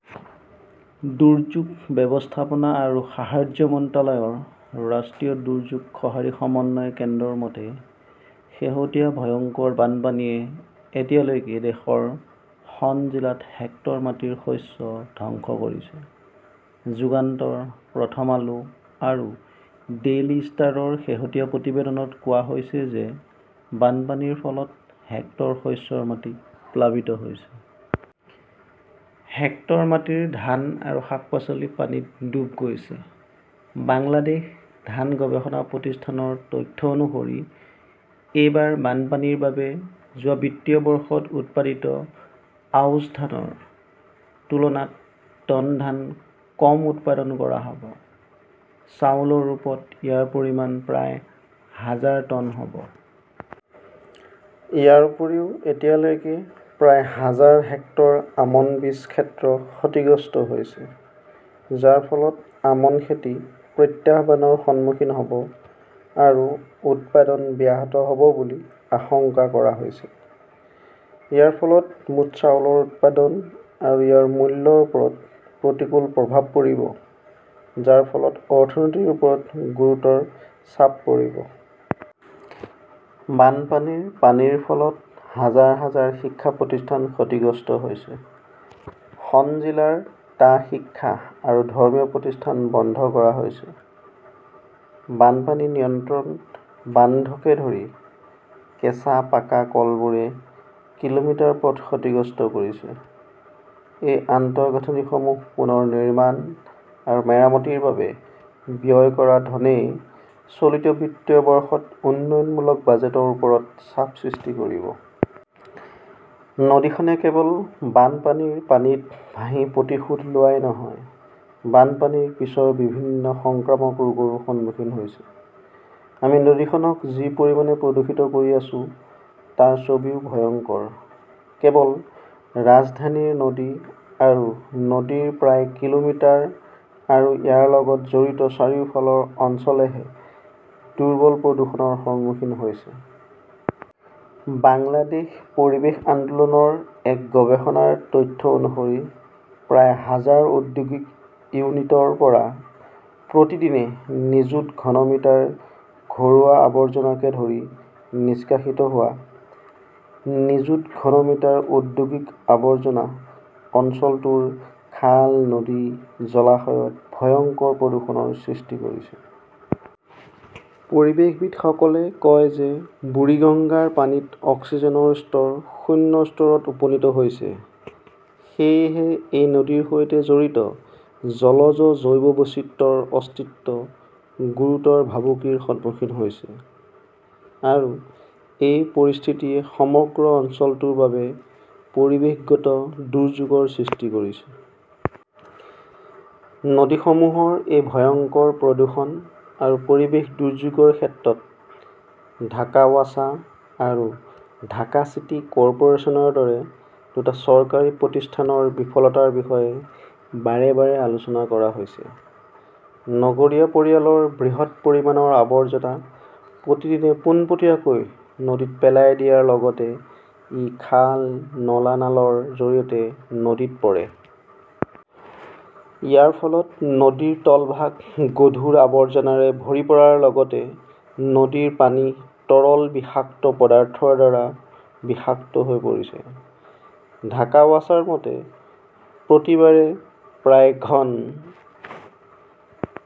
দুৰ্যোগ ব্যৱস্থাপনা আৰু সাহায্য মন্ত্ৰালয়ৰ ৰাষ্ট্ৰীয় দুৰ্যোগ সঁহাৰি সমন্বয় কেন্দ্ৰৰ মতে, শেহতীয়া ভয়ংকৰ বানপানীয়ে এতিয়ালৈকে দেশৰ খন জিলাত হেক্টৰ মাটিৰ শস্য ধ্বংস কৰিছে। যুগান্তৰ, প্ৰথম আলো আৰু ডেইলী ষ্টাৰৰ শেহতীয়া প্ৰতিবেদনত কোৱা হৈছে যে বানপানীৰ ফলত, হেক্টৰ শস্যৰ মাটি প্লাবিত হৈছে।, হেক্টৰ মাটিৰ ধান আৰু শাক-পাচলি পানীত ডুব গৈছে। বাংলাদেশ ধান গৱেষণা প্ৰতিষ্ঠানৰ তথ্য অনুসৰি, এইবাৰ বানপানীৰ বাবে যোৱা বিত্তীয় বৰ্ষত উৎপাদিত আউছ ধানৰ তুলনাত টন ধান কম উৎপাদন কৰা হ 'ব। চাউলৰ ৰূপত ইয়াৰ পৰিমাণ প্ৰায় হাজাৰ টন হ 'ব। ইয়াৰ উপৰিও, এতিয়ালৈকে প্ৰায় হাজাৰ হেক্টৰ আমন বীজ ক্ষেত্ৰ ক্ষতিগ্ৰস্ত হৈছে, যাৰ ফলত আমন খেতি প্ৰত্যাহ্বানৰ সন্মুখীন হ 'ব আৰু উৎপাদন ব্যাহত হ' ব বুলি আশংকা কৰা হৈছে। ইয়াৰ ফলত মুঠ চাউলৰ উৎপাদন আৰু ইয়াৰ মূল্যৰ ওপৰত প্ৰতিকূল প্ৰভাৱ পৰিব, যাৰ ফলত অৰ্থনীতিৰ ওপৰত গুৰুতৰ চাপ পৰিব। বানপানীৰ পানীৰ ফলত হাজাৰ হাজাৰ শিক্ষা প্ৰতিষ্ঠান ক্ষতিগ্ৰস্ত হৈছে। খন জিলাৰ টা শিক্ষা আৰু ধৰ্মীয় প্ৰতিষ্ঠান বন্ধ কৰা হৈছে। বানপানী নিয়ন্ত্ৰণ বান্ধকে ধৰি কেঁচা-পাকা কলবোৰে কিলোমিটাৰ পথ ক্ষতিগ্ৰস্ত কৰিছে। এই আন্তঃগাঁথনিসমূহ পুনৰ নিৰ্মাণ আৰু মেৰামতিৰ বাবে ব্যয় কৰা ধনই চলিত বিত্তীয় বৰ্ষত উন্নয়নমূলক বাজেটৰ ওপৰত চাপ সৃষ্টি কৰিব। নদীখনে কেৱল বানপানীৰ পানীত ভাহি প্ৰতিশোধ লোৱাই নহয়, বানপানীৰ পিছৰ বিভিন্ন সংক্ৰামক ৰোগৰো সন্মুখীন হৈছে। আমি নদীখনক যি পৰিমাণে প্ৰদূষিত কৰি আছো তাৰ ছবিও ভয়ংকৰ। কেৱল ৰাজধানীৰ নদী আৰু নদীৰ প্ৰায় কিলোমিটাৰ আৰু ইয়াৰ লগত জড়িত চাৰিওফালৰ অঞ্চলহে দুৰ্বল প্ৰদূষণৰ সন্মুখীন হৈছে। বাংলাদেশ পৰিৱেশ আন্দোলন ৰ এক গৱেষণাৰ তথ্য অনুসৰি প্ৰায় হাজাৰ ঔদ্যোগিক ইউনিটৰ পৰা প্ৰতিদিনে নিযুত ঘন মিটাৰ ঘৰুৱা আৱৰ্জনাকে ধৰি নিষ্কাশিত হোৱা. নিযুত ঘন মিটাৰ ঔদ্যোগিক আৱৰ্জনা অঞ্চলটোৰ খাল-নদী-জলাশয়ত ভয়ংকৰ প্ৰদূষণৰ সৃষ্টি কৰিছে। পৰিৱেশবিদসকলে কয় যে বুৰিগঙ্গাৰ পানীত অক্সিজেনৰ স্তৰ শূন্য স্তৰত উপনীত হৈছে। সেয়েহে এই নদীৰ সৈতে জড়িত জলজ জৈৱ বৈচিত্ৰ্যৰ অস্তিত্ব গুৰুতৰ ভাবুকিৰ সন্মুখীন হৈছে। আৰু এই পৰিস্থিতিয়ে সমগ্ৰ অঞ্চলটোৰ বাবে পৰিৱেশগত দুৰ্যোগৰ সৃষ্টি কৰিছে। নদীসমূহৰ এই ভয়ংকৰ প্ৰদূষণ আৰু পৰিৱেশ দুৰ্যোগৰ ক্ষেত্ৰত ঢাকা ৱাছা আৰু ঢাকা চিটি কৰ্পোৰেচনৰ দৰে দুটা চৰকাৰী প্ৰতিষ্ঠানৰ বিফলতাৰ বিষয়ে বাৰে বাৰে আলোচনা কৰা হৈছে। নগৰীয়া পৰিয়ালৰ বৃহৎ পৰিমাণৰ আৱৰ্জনা প্ৰতিদিনে পোনপটীয়াকৈ নদীত পেলাই দিয়াৰ লগতে ই খাল-নলা-নলাৰ জৰিয়তে নদীত পৰে। ইয়াৰ ফলত নদীৰ তলভাগ গধুৰ আৱৰ্জনাৰে ভৰি পৰাৰ লগতে নদীৰ পানী তৰল বিষাক্ত পদাৰ্থৰ দ্বাৰা বিষাক্ত হৈ পৰিছে। ঢাকা ৱাছাৰ মতে, প্ৰতিবাৰে প্ৰায় ঘন